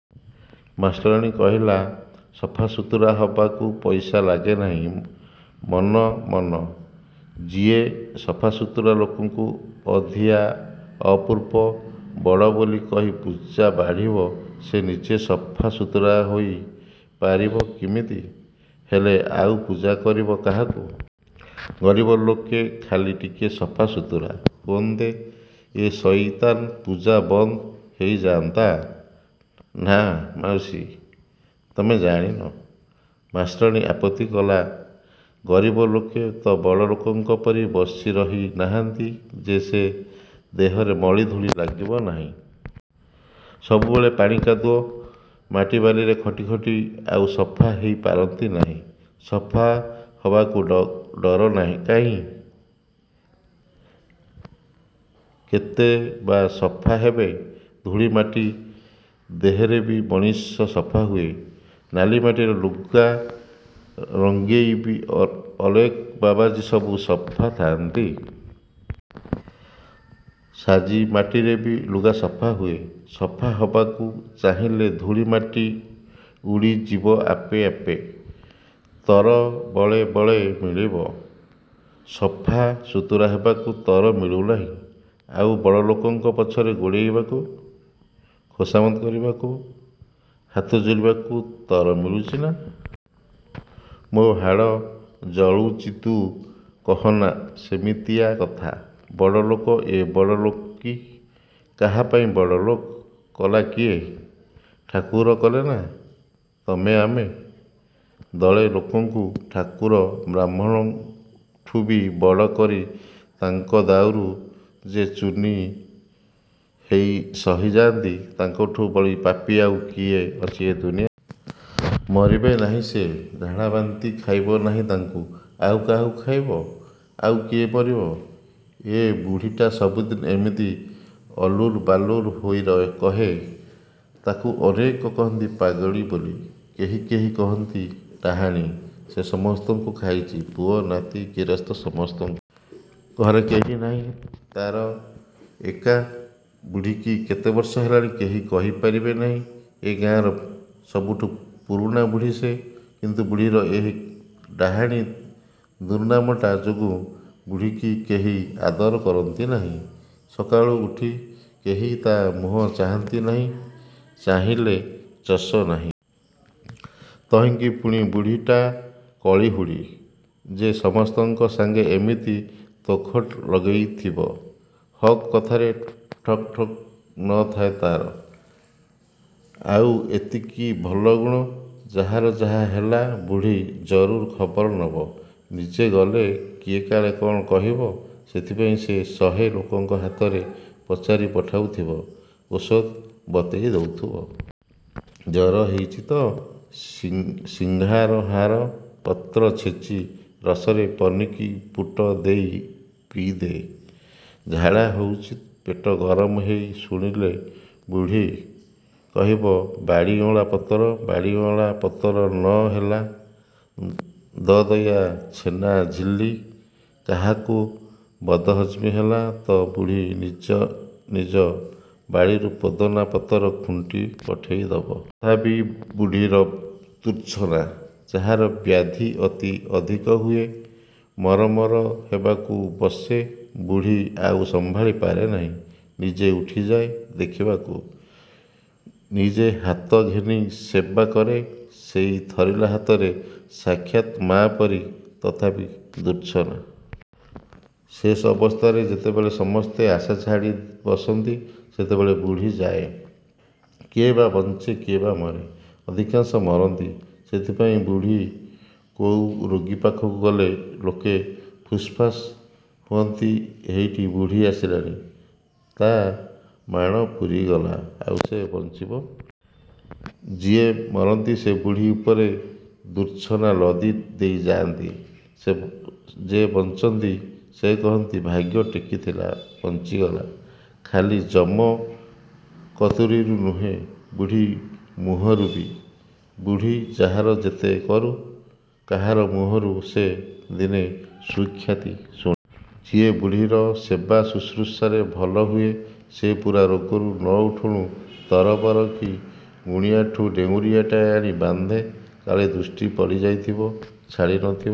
' ମାଷ୍ଟରାଣୀ କହିଲା। ''ସଫା ସୁତୁରା ହବାକୁ ପଇସା ଲାଗେ ନାହିଁ ମନ ମନ! ଯିଏ ସଫା ସୁତୁରା ଲୋକଙ୍କୁ ଅଧିଆ, ଅପୂର୍ବ, ବଡ଼ ବୋଲି କହି ପୂଜା ବାଢ଼ିବ ସେ ନିଜେ ସଫା ସୁତୁରା ହେଇ ପାରିବ କିମିତି। ହେଲେ ଆଉ ପୂଜା କରିବ କାହାକୁ? ଗରିବ ଲୋକେ ଖାଲି ଟିକିଏ ସଫା ସୁତୁରା ହୁଅନ୍ତେ ଏ ସଇତାନ ପୂଜା ବନ୍ଦ ହେଇଯାନ୍ତା। '' ''ନା ମାଉସୀ, ତମେ ଜାଣିନା! '' ମାଷ୍ଟରାଣୀ ଆପତ୍ତି କଲା ''ଗରିବ ଲୋକେ ତ ବଡ଼ଲୋକଙ୍କ ପରି ବସି ରହି ନାହାନ୍ତି ଯେ ଦେହରେ ମଳି ଧୂଳି ଲାଗିବ ନାହିଁ। ସବୁବେଳେ ପାଣି କାଦୁଅ, ମାଟି ବାଲିରେ ଖଟି ଖଟି ଆଉ ସଫା ହେଇ ପାରନ୍ତି ନାହିଁ। ସଫା ହବାକୁ ଡର କାହିଁ? କେତେ ବା ସଫା ହେବେ? '' ''ଧୂଳି ମାଟି ଦେହରେବି ମଣିଷ ସଫା ହୁଏ। ନାଲିମାଟିରେ ଲୁଗା ରଙ୍ଗେଇବି ଅଲେଖ ବାବାଜି ସବୁ ସଫା ଥାଆନ୍ତି। ସାଜି ମାଟିରେବି ଲୁଗା ସଫା ହୁଏ। ସଫା ହବାକୁ ଚାହିଲେ ଧୂଳି ମାଟି ଉଡ଼ି ଯିବ ଆପେ ଆପେ। ତର ବଳେ ବଳେ ମିଳିବ। ସଫା ସୁତୁରା ହେବାକୁ ତର ମିଳୁ ନାହିଁ, ଆଉ ବଡ଼ଲୋକଙ୍କ ପଛରେ ଗୋଡ଼େଇବାକୁ, ଖୋସାମତ୍ କରିବାକୁ, ହାତ ଯୋଡ଼ିବାକୁ ତର ମିଳୁଚିନା? ମୋ ହାଡ଼ ଜଳୁଚିତୁ କହନା ସେମିତିଆ କଥା। ବଡ଼ଲୋକ ଏ ବଡ଼ଲୋକୀ। କାହାପାଇଁ ବଡ଼ଲୋକ କଲା କିଏ? ଠାକୁର କଲେନା, ତମେ ଆମେ? ଦଳେ ଲୋକଙ୍କୁ ଠାକୁର ବାହ୍ମୁଣଙ୍କଠୁବି ବଡ଼ କରି ତାଙ୍କ ଦାଉକୁ ଯେ ତୁନି ହେଇ ସହି ଯାଆନ୍ତି ତାଙ୍କଠୁ ବଳି ପାପୀ ଆଉ କିଏ ଅଛି ଦୁନିଆରେ? ମରିବେ ନାହିଁ ସେ? ଝାଡ଼ାବାନ୍ତି ଖାଇବ ନାହିଁ ତାଙ୍କୁ? ଆଉ କାହାକୁ ଖାଇବ? ଆଉ କିଏ ମରିବ? '' ଏ ବୁଢ଼ୀଟା ସବୁଦିନେ ଏମିତି ଆଲୁରୁ ବାଲୁରୁ ହୋଇ କହେ। ତାକୁ ଅନେକ କହନ୍ତି ପାଗଳି ବୋଲି। କେହି କେହି କହନ୍ତି ଡାହାଣୀ। ସେ ସମସ୍ତଙ୍କୁ ଖାଇଚି ପୁଅ ନାତି ଗିରସ୍ତ ସମସ୍ତଙ୍କୁ। ଘରେ କେହି ନାହିଁ ତା'ରଏ କା। ବୁଢ଼ୀକି କେତେ ବର୍ଷ ହେଲାଣି କେହି କହି ପାରିବ ନାହିଁ। ଏ ଗାଁର ସବୁଠୁ ପୁରୁଣା ବୁଢ଼ୀ ସେ। କିନ୍ତୁ ବୁଢ଼ୀର ଏହି ଡାହାଣୀ ଦୁର୍ନାମଟା ଯୋଗୁଁ ବୁଢ଼ୀକି କେହି ଆଦର କରନ୍ତି ନାହିଁ। ସକାଳୁ ଉଠି କେହି ତା' ମୁହଁ ଚାହାଁନ୍ତି ନାହିଁ ଚାହିଁଲେ ଯଶ ନାହିଁ। ତହିଁକି ପୁଣି ବୁଢ଼ୀଟା କଳିହୁଡ଼ି ଯେ ସମସ୍ତଙ୍କ ସାଙ୍ଗେ ଏମିତି ତୋଖଡ଼ ଲଗେଇଥିବ। ହକ୍ କଥାରେ ଠକ ଠକ ନ ଥାଏ ତା'ର। ଆଉ ଏତିକି ଭଲ ଗୁଣ, ଯାହାର ଯାହା ହେଲା ବୁଢ଼ୀ ଜରୁର୍ ଖବର ନବ। ନିଜେ ଗଲେ କିଏ କାଳେ କ'ଣ କହିବ, ସେଥିପାଇଁ ସେ ଶହେ ଲୋକଙ୍କ ହାତରେ ପଚାରି ପଠଉଥିବ; ଓଷଦ ବତେଇ ଦେଉଥିବ। ଜର ହେଇଚି ତ ସିଂହାରହାର ପତ୍ର ଛେଚି ରସରେ ପନିକି ପୁଟ ଦେଇ ପେଇଦେ। ଝାଡ଼ା ହେଉଚି ପେଟ ଗରମ ହେଇ ଶୁଣିଲେ ବୁଢ଼ୀ କହିବ ବାଡ଼ିଅଁଳା ପତର ବାଡ଼ିଅଁଳା ପତର ନ ହେଲା; ଦଦୟା ଛେନାଝିଲ୍ଲି । କାହାକୁ ବଦହଜମି ହେଲା ତ ବୁଢ଼ୀ ନିଜେ ନିଜ ବାଡ଼ିରୁ ପୋଦନା ପତର ଖୁଣ୍ଟି ପଠେଇ ଦବ। ତଥାପି ବୁଢ଼ୀର ଦୁର୍ଚ୍ଛନା। ଯାହାର ବ୍ୟାଧି ଅତି ଅଧିକ ହୁଏ ମର ମର ହେବାକୁ ବସେ ବୁଢ଼ୀ ଆଉ ସମ୍ଭାଳି ପାରେ ନାହିଁ। ନିଜେ ଉଠିଯାଏ ଦେଖିବାକୁ। ନିଜେ ହାତ ଘେନି ସେବା କରେ ସେଇ ଥରିଲା ହାତରେ ସାକ୍ଷାତ ମା ପରି। ତଥାପି ଦୁର୍ଚ୍ଛନା। ଶେଷ ଅବସ୍ଥାରେ ଯେତେବେଳେ ସମସ୍ତେ ଆଶା ଛାଡ଼ି ବସନ୍ତି ସେତେବେଳେ ବୁଢ଼ୀ ଯାଏଁ। କିଏ ବା ବଞ୍ଚେ କିଏ ବା ମରେ ଅଧିକାଂଶ ମରନ୍ତି। ସେଥିପାଇଁ ବୁଢ଼ୀ କୋଉ ରୋଗୀ ପାଖକୁ ଗଲେ ଲୋକେ ଫୁସ୍ଫାସ୍ ହୁଅନ୍ତି ହେଇଟି ବୁଢ଼ୀ ଆସିଲାଣି। ତା' ମାଣ ପୂରିଗଲା, ଆଉ ସେ ବଞ୍ଚିବ ନାହିଁ। ଯିଏ ମରନ୍ତି ସେ ବୁଢ଼ୀ ଉପରେ ଦୁର୍ଚ୍ଛନା ଲଦି ଦେଇ ଯାଆନ୍ତି। ଯେ ବଞ୍ଚନ୍ତି, ସେ କହନ୍ତି ଭାଗ୍ୟ ଟେକି ଥିଲା ବଞ୍ଚିଗଲା। ଖାଲି ଯମ କତୁରୀରୁ ନୁହେଁ, ବୁଢ଼ୀ ମୁହଁରୁବି। ବୁଢ଼ୀ ଯାହାର ଯେତେ କରୁ, କାହାର ମୁହଁରୁ ସେ ଦିନେ ସୁଖ୍ୟାତି ଶୁଣି ନାହିଁ। ଯିଏ ବୁଢ଼ୀର ସେବା ଶୁଶ୍ରୂଷାରେ ଭଲ ହୁଏ ସେ ପୂରା ରୋଗରୁ ନ ଉଠୁଣୁ ତରବର କି ଗୁଣିଆଠୁ ଡେଉଁରିଆଟାଏ ଆଣି ବାନ୍ଧେ। କାଳେ ଦୃଷ୍ଟି ପଡ଼ି ଯାଇଥିବ–ଛାଡ଼ି ନ ଥିବ।